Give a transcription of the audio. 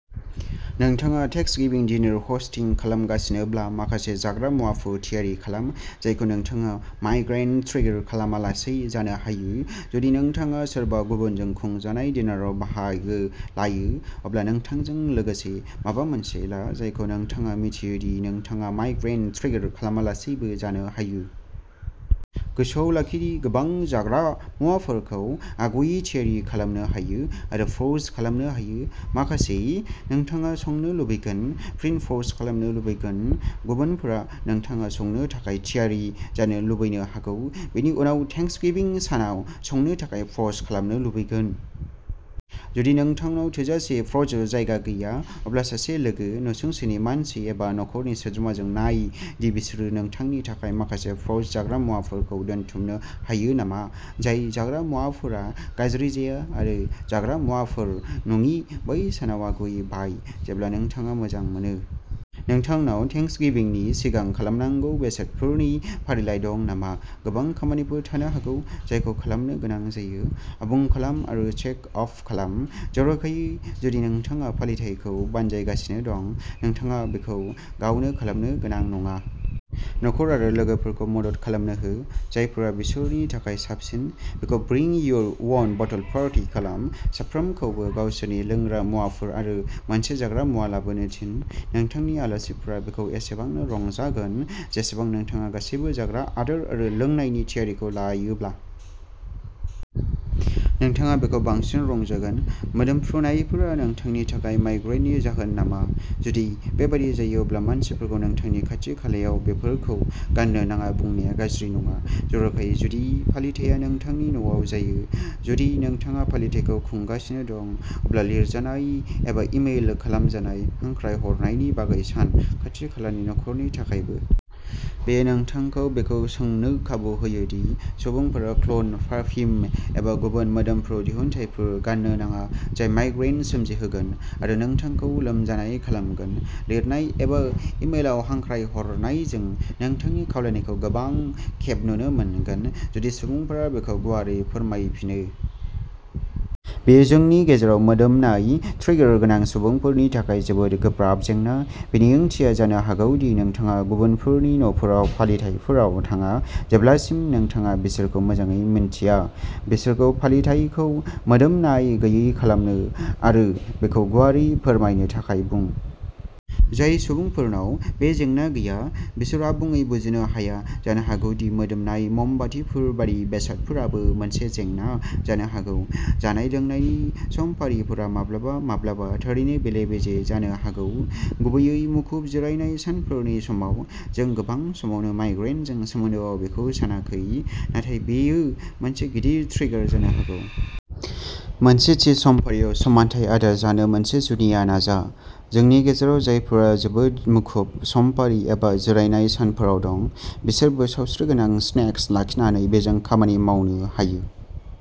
नोंथाङा Thanksgiving dinner hosting खालामगासिनोब्ला माखासे जाग्रा मुवाफोर थियारि खालाम, जायखौ नोंथाङा माइग्रेन ट्रिगार खालामालासै जानो हायो। जुदि नोंथाङा सोरबा गुबुनजों खुंजानाय डिनारआव बाहागो लायो, अब्ला नोंथांजों लोगोसे माबा मोनसे ला, जायखौ नोंथाङा मिथियो दि नोंथाङा माइग्रेन ट्रिगार खालामालासैबो जानो हायो। गोसोआव लाखि दि गोबां जाग्रा मुवाफोरखौ आगुयै थियारि खालामनो हायो आरो फ्र'ज खालामनो हायो। माखासे, नोंथाङा संनो लुबैगोन, फिन फ्र'ज खालामनो लुबैगोन, गुबुनफोरा नोंथाङा संनो थाखाय थियारि जानो लुबैनो हागौ, बेनि उनाव थेंक्सगिविं सानाव संनो थाखाय फ्र'ज खालामनो लुबैगोन। जुदि नोंथांनाव थोजासे फ्र'जार जायगा गैया अब्ला सासे लोगो, नसुंसेनि मानसि एबा नखरनि सोद्रोमाजों नाय दि बिसोरो नोंथांनि थाखाय माखासे फ्र'ज जाग्रा मुवाफोरखौ दोनथुमनो हायो नामा। जाय जाग्रा मुवाफोरा गाज्रि जाया आरो जाग्रा मुवाफोर नङि, बै सानाव आगुयै बाय, जेब्ला नोंथाङा मोजां मोनो। नोंथांनाव थेंक्सगिविंनि सिगां खालामनांगौ बेसादफोरनि फारिलाइ दं नामा? गोबां खामानिफोर थानो हागौ, जायखौ खालामनो गोनां जायो। आबुं खालाम आरो चेक आफ खालाम, जर'खायै जुदि नोंथाङा फालिथायखौ बानजायगासिनो दं। नोंथाङा बेखौ गावनो खालामनो गोनां नङा। नखर आरो लोगोफोरखौ मदद खालामनो हो। जायफोरा बिसोरनि थाखाय साबसिन। बेखौ bring your own bottle party खालाम। साफ्रोमखौबो गावसोरनि लोंग्रा मुवाफोर आरो मोनसे जाग्रा मुवा लाबोनो थिन। नोंथांनि आलासिफोरा बेखौ एसेबांनो रंजागोन जेसेबां नोंथाङा गासैबो जाग्रा आदार आरो लोंनायनि थियारिखौ लायोब्ला। नोंथाङा बेखौ बांसिन रंजागोन। मोदोमफ्रुनायफोरा नोंथांनि थाखाय माइग्रेननि जाहोन नामा? जुदि बेबादि जायो अब्ला मानसिफोरखौ नोंथांनि खाथि खालायाव बेफोरखौ गान्नो नाङा बुंनाया गाज्रि नङा, जर'खायै जुदि फालिथाया नोंथांनि न'आव जायो। जुदि नोंथाङा फालिथायखौ खुंगासिनो दं, अब्ला लिरजानाय एबा इमेल खालामजानाय हांख्रायहरनायनि बागै सान, खाथि-खालानि नखरनि थाखायबो। बेयो नोंथांखौ बेखौ सोंनो खाबु होयो दि सुबुंफोरा कल'न, पारफिउम एबा गुबुन मोदोमफ्रु दिहुनथायफोर गान्नो नाङा जाय माइग्रेन सोमजिहोगोन आरो नोंथांखौ लोमजानाय खालामगोन। लिरनाय एबा इमेलआव हांख्रायहरनायजों नोंथांनि खावलायनायखौ गोबां खेब नुनो मोनगोन जुदि सुबुंफोरा बेखौ गुवारै फोरमायफिनो। बेयो जोंनि गेजेराव मोदोमनाय ट्रिगार गोनां सुबुंफोरनि थाखाय जोबोद गोब्राब जेंना। बेनि ओंथिया जानो हागौ दि नोंथाङा गुबुनफोरनि न'फोराव फालिथाइफोराव थाङा, जेब्लासिम नोंथाङा बिसोरखौ मोजाङै मिन्थिया, बिसोरखौ फालिथायखौ मोदोमनाय गैयै खालामनो आरो बेखौ गुवारै फोरमायनो थाखाय बुं। जाय सुबुंफोरनाव बे जेंना गैया, बिसोरो आबुङै बुजिनो हाया जानो हागौ दि मोदोमनाय ममबातिफोर बायदि बेसादफोराबो मोनसे जेंना जानो हागौ। जानाय-लोंनायनि समफारिफोरा माब्लाबा-माब्लाबा थारैनो बेले-बेजे जानो हागौ, गुबैयै मुखुब जिरायनाय सानफोरनि समाव। जों गोबां समावनो माइग्रेनजों सोमोन्दोआव बेखौ सानाखै, नाथाय बेयो मोनसे गिदिर ट्रिगार जानो हागौ। मोनसे थि समफारियाव समानथाय आदार जानो मोनसे जुनिया नाजा। जोंनि गेजेराव जायफोरा जोबोद मुखुब समफारि एबा जिरायनाय सानफोराव दं, बिसोरबो सावस्रिगोनां स्नेक्स लाखिनानै बेजों खामानि मावनो हायो।